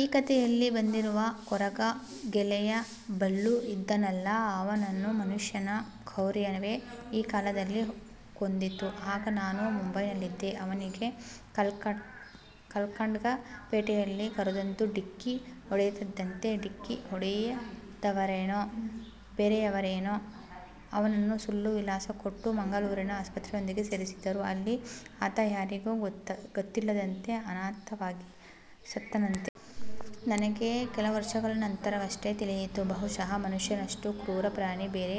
ಈ ಕತೆಯಲ್ಲಿ ಬಂದಿರುವ ಕೊರಗ ಗೆಳೆಯ ಬಲ್ಲು ಇದ್ದಾನಲ್ಲ ಅವನನ್ನು ಮನುಷ್ಯನ ಕ್ರೌರ್ಯವೇ ಆ ಕಾಲದಲ್ಲಿ ಕೊಂದಿತು. ಆಗ ನಾನು ಮುಂಬೈಯಲ್ಲಿದ್ದೆ. ಅವನಿಗೆ ಕಲ್ಲಡ್ಕ ಪೇಟೆಯಲ್ಲಿ ಕಾರೊಂದು ಢಿಕ್ಕಿ ಹೊಡೆಯಿತಂತೆ. ಢಿಕ್ಕಿ ಹೊಡೆದವರೋ, ಬೇರೆಯವರೋ ಅವನನ್ನು ಸುಳ್ಳು ವಿಳಾಸ ಕೊಟ್ಟು ಮಂಗಳೂರಿನ ಆಸ್ಪತ್ರೆಯೊಂದಕ್ಕೆ ಸೇರಿಸಿದರು. ಅಲ್ಲಿ ಆತ ಯಾರಿಗೂ ಗೊತ್ತಿಲ್ಲದಂತೆ ಅನಾಥವಾಗಿ ಸತ್ತನಂತೆ. ನನಗೆ ಕೆಲವರ್ಷಗಳ ನಂತರವಷ್ಟೇ ತಿಳಿಯಿತು. ಬಹುಶಃ ಮನುಷ್ಯನಷ್ಟು ಕ್ರೂರ ಪ್ರಾಣಿ ಬೇರೆ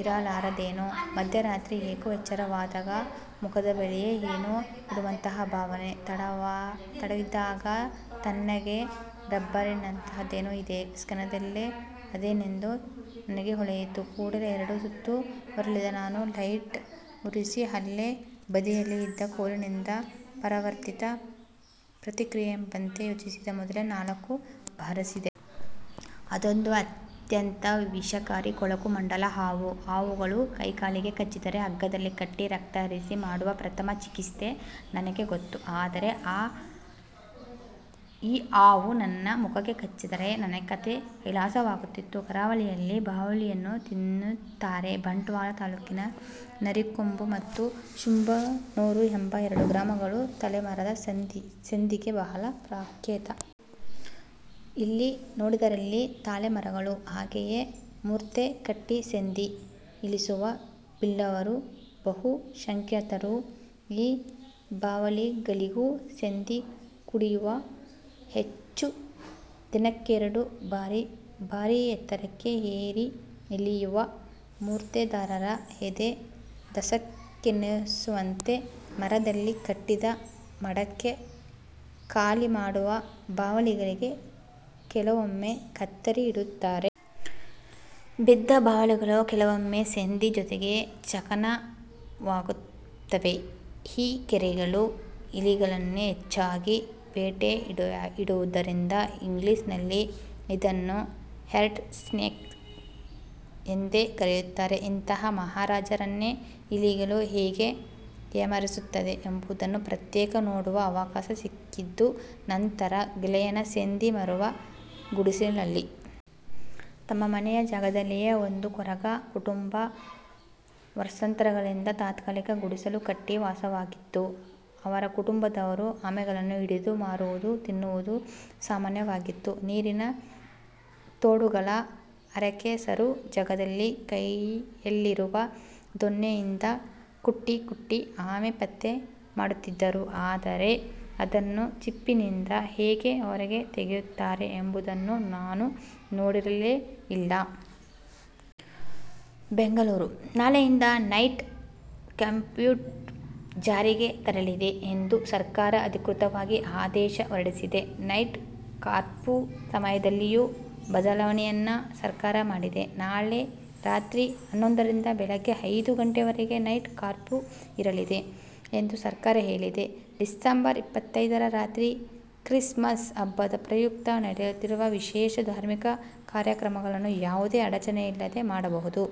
ಇರಲಾರದೇನೋ. ಮಧ್ಯರಾತ್ರಿ ಏಕೋ ಎಚ್ಚರವಾದಾಗ ಮುಖದ ಬಳಿಯೇ ಏನೋ ಇರುವಂತಹ ಭಾವನೆ. ತಡವಿದಾಗ ತಣ್ಣಗೆ ರಬ್ಬರಿನಂತಹದ್ದೇನೋ ಇದೆ. ಕ್ಷಣದಲ್ಲೇ ಅದೇನೆಂದು ನನಗೆ ಹೊಳೆಯಿತು. ಕೂಡಲೇ ಎರಡು ಸುತ್ತು ಹೊರಳಿದ ನಾನು ಲೈಟ್ ಉರಿಸಿ, ಅಲ್ಲೇ ಬದಿಯಲ್ಲಿ ಇದ್ದ ಕೋಲಿನಿಂದ ಪರಾವರ್ತಿತ ಪ್ರತಿಕ್ರಿಯೆ ಎಂಬಂತೆ, ಯೋಚಿಸುವ ಮೊದಲೇ ನಾಲ್ಕು ಬಾರಿಸಿದೆ. ಅದೊಂದು ಅತ್ಯಂತ ವಿಷಕಾರಿ ಕೊಳಕು ಮಂಡಲ ಹಾವು ಹಾವುಗಳು ಕೈ ಕಾಲಿಗೆ ಕಚ್ಚಿದರೆ ಹಗ್ಗದಲ್ಲಿ ಕಟ್ಟಿ, ರಕ್ತ ಹರಿಸಿ ಮಾಡುವ ಪ್ರಥಮ ಚಿಕಿತ್ಸೆ ನನಗೆ ಗೊತ್ತು. ಆದರೆ ಈ ಹಾವು ನನ್ನ ಮುಖಕ್ಕೆ ಕಚ್ಚದ್ದರೆ ನನ್ನ ಕತೆ ಕೈಲಾಸವಾಗುತ್ತಿತ್ತು. ಕರಾವಳಿಯಲ್ಲಿ ಬಾವಲಿಯನ್ನೂ ತಿನ್ನುತ್ತಾರೆ. ಬಂಟ್ವಾಳ ತಾಲೂಕಿನ ನರಿಕೊಂಬು ಮತ್ತು ಶಂಭೂರು ಎಂಬ ಎರಡು ಗ್ರಾಮಗಳು ತಾಳೆ ಮರದ ಶೇಂದಿಗೆ ಬಹಳ ಪ್ರಖ್ಯಾತ. ಎಲ್ಲಿ ನೋಡಿದರಲ್ಲಿ ತಾಳೆ ಮರಗಳು. ಹಾಗೆಯೇ ಮೂರ್ತೆ ಕಟ್ಟಿ ಶೇಂದಿ ಇಳಿಸುವ ಬಿಲ್ಲವರು ಬಹುಸಂಖ್ಯಾತರು. ಈ ಬಾವಲಿಗಳಿಗೂ ಶೇಂದಿ ಕುಡಿಯುವ ಹುಚ್ಚು ದಿನಕ್ಕೆರಡು ಬಾರಿ ಭಾರೀ ಎತ್ತರಕ್ಕೆ ಏರಿ ಇಳಿಯುವ ಮೂರ್ತೆದಾರರ ಎದೆ ಧಸಕ್ಕೆನ್ನುವಂತೆ ಮರದಲ್ಲಿ ಕಟ್ಟಿದ ಮಡಕೆ ಖಾಲಿ ಮಾಡುವ ಬಾವಲಿಗಳಿಗೆ ಕೆಲವೊಮ್ಮೆ ಕತ್ತರಿ ಇಡುತ್ತಾರೆ. ಬಿದ್ದ ಬಾವಲಿಗಳು ಕೆಲವೊಮ್ಮೆ ಶೇಂದಿ ಜೊತೆಗೆ ಚಾಕಣ ಆಗುತ್ತವೆ. ಈ ಕೇರೆಗಳು ಇಲಿಗಳನ್ನೇ ಹೆಚ್ಚಾಗಿ ಬೇಟೆಯಾಡುವುದರಿಂದ ಇಂಗ್ಲಿಷ್ ನಲ್ಲಿ ಇದನ್ನು 'ರ್ಯಾಟ್ ಸ್ನೇಕ್' ಎಂದೇ ಕರೆಯುತ್ತಾರೆ. ಇಂತಹ 'ಮಹಾರಾಜ'ರನ್ನೇ ಇಲಿಗಳು ಹೇಗೆ ಏಮಾರಿಸುತ್ತದೆ ಎಂಬುವುದನ್ನು ಪ್ರತ್ಯಕ್ಷ ನೋಡುವ ಅವಕಾಶ ಸಿಕ್ಕಿದ್ದು ನಂತರ ಗೆಳೆಯನ ಶೇಂದಿ ಮಾರುವ ಗುಡಿಸಲಲ್ಲಿ. ನಮ್ಮ ಮನೆಯ ಜಾಗದಲ್ಲಿಯೇ ಒಂದು ಕೊರಗ ಕುಟುಂಬ ವರ್ಷಾಂತರಗಳಿಂದ ತಾತ್ಕಾಲಿಕ ಗುಡಿಸಲು ಕಟ್ಟಿ ವಾಸವಾಗಿತ್ತು. ಅವರ ಕುಟುಂಬದವರು ಆಮೆಗಳನ್ನು ಹಿಡಿದು ಮಾರುವುದು, ತಿನ್ನುವುದು ಸಾಮಾನ್ಯವಾಗಿತ್ತು. ನೀರಿನ ತೋಡುಗಳ ಅರೆಕೆಸರು ಜಾಗದಲ್ಲಿ ಕೈಯಲ್ಲಿರುವ ದೊಣ್ಣೆಯಿಂದ ಕುಟ್ಟಿ ಕುಟ್ಟಿ ಆಮೆ ಪತ್ತೆ ಮಾಡುತ್ತಿದ್ದರು. ಆದರೆ ಅದನ್ನು ಚಿಪ್ಪಿನಿಂದ ಹೇಗೆ ಹೊರಗೆ ತೆಗೆಯುತ್ತಾರೆ ಎಂಬುದನ್ನು ನಾನು ನೋಡಿರಲೇ ಇಲ್ಲ. ಬೆಂಗಳೂರು: ನಾಳೆಯಿಂದ ನೈಟ್ ಕರ್ಪ್ಯೂ ಜಾರಿಗೆ ಬರಲಿದೆ ಎಂದು ಸರ್ಕಾರ ಅಧಿಕೃತವಾಗಿ ಆದೇಶ ಹೊರಡಿಸಿದೆ. ನೈಟ್ ಕರ್ಪ್ಯೂ ಸಮಯದಲ್ಲಿಯೂ ಬದಲಾವಣೆಯನ್ನ ಸರ್ಕಾರ ಮಾಡಿದೆ. ನಾಳೆ ರಾತ್ರಿ ಹನ್ನೊಂದರಿಂದ ಬೆಳಗ್ಗೆ ಐದು ಗಂಟೆವರೆಗೆ ನೈಟ್ ಕರ್ಪ್ಯೂ ಇರಲಿದೆ ಎಂದು ಸರ್ಕಾರ ಹೇಳಿದೆ. ಡಿಸಂಬರ್ ಇಪ್ಪತ್ತೈದರ ರಾತ್ರಿ ಕ್ರಿಸ್ ಮಸ್ ಹಬ್ಬದ ಪ್ರಯುಕ್ತ ನಡೆಯಲಿರುವ ವಿಶೇಷ ಧಾರ್ಮಿಕ ಕಾರ್ಯಕ್ರಮಗಳನ್ನು ಯಾವುದೇ ಅಡಚಣೆಯಿಲ್ಲದೆ ಮಾಡಬಹುದು.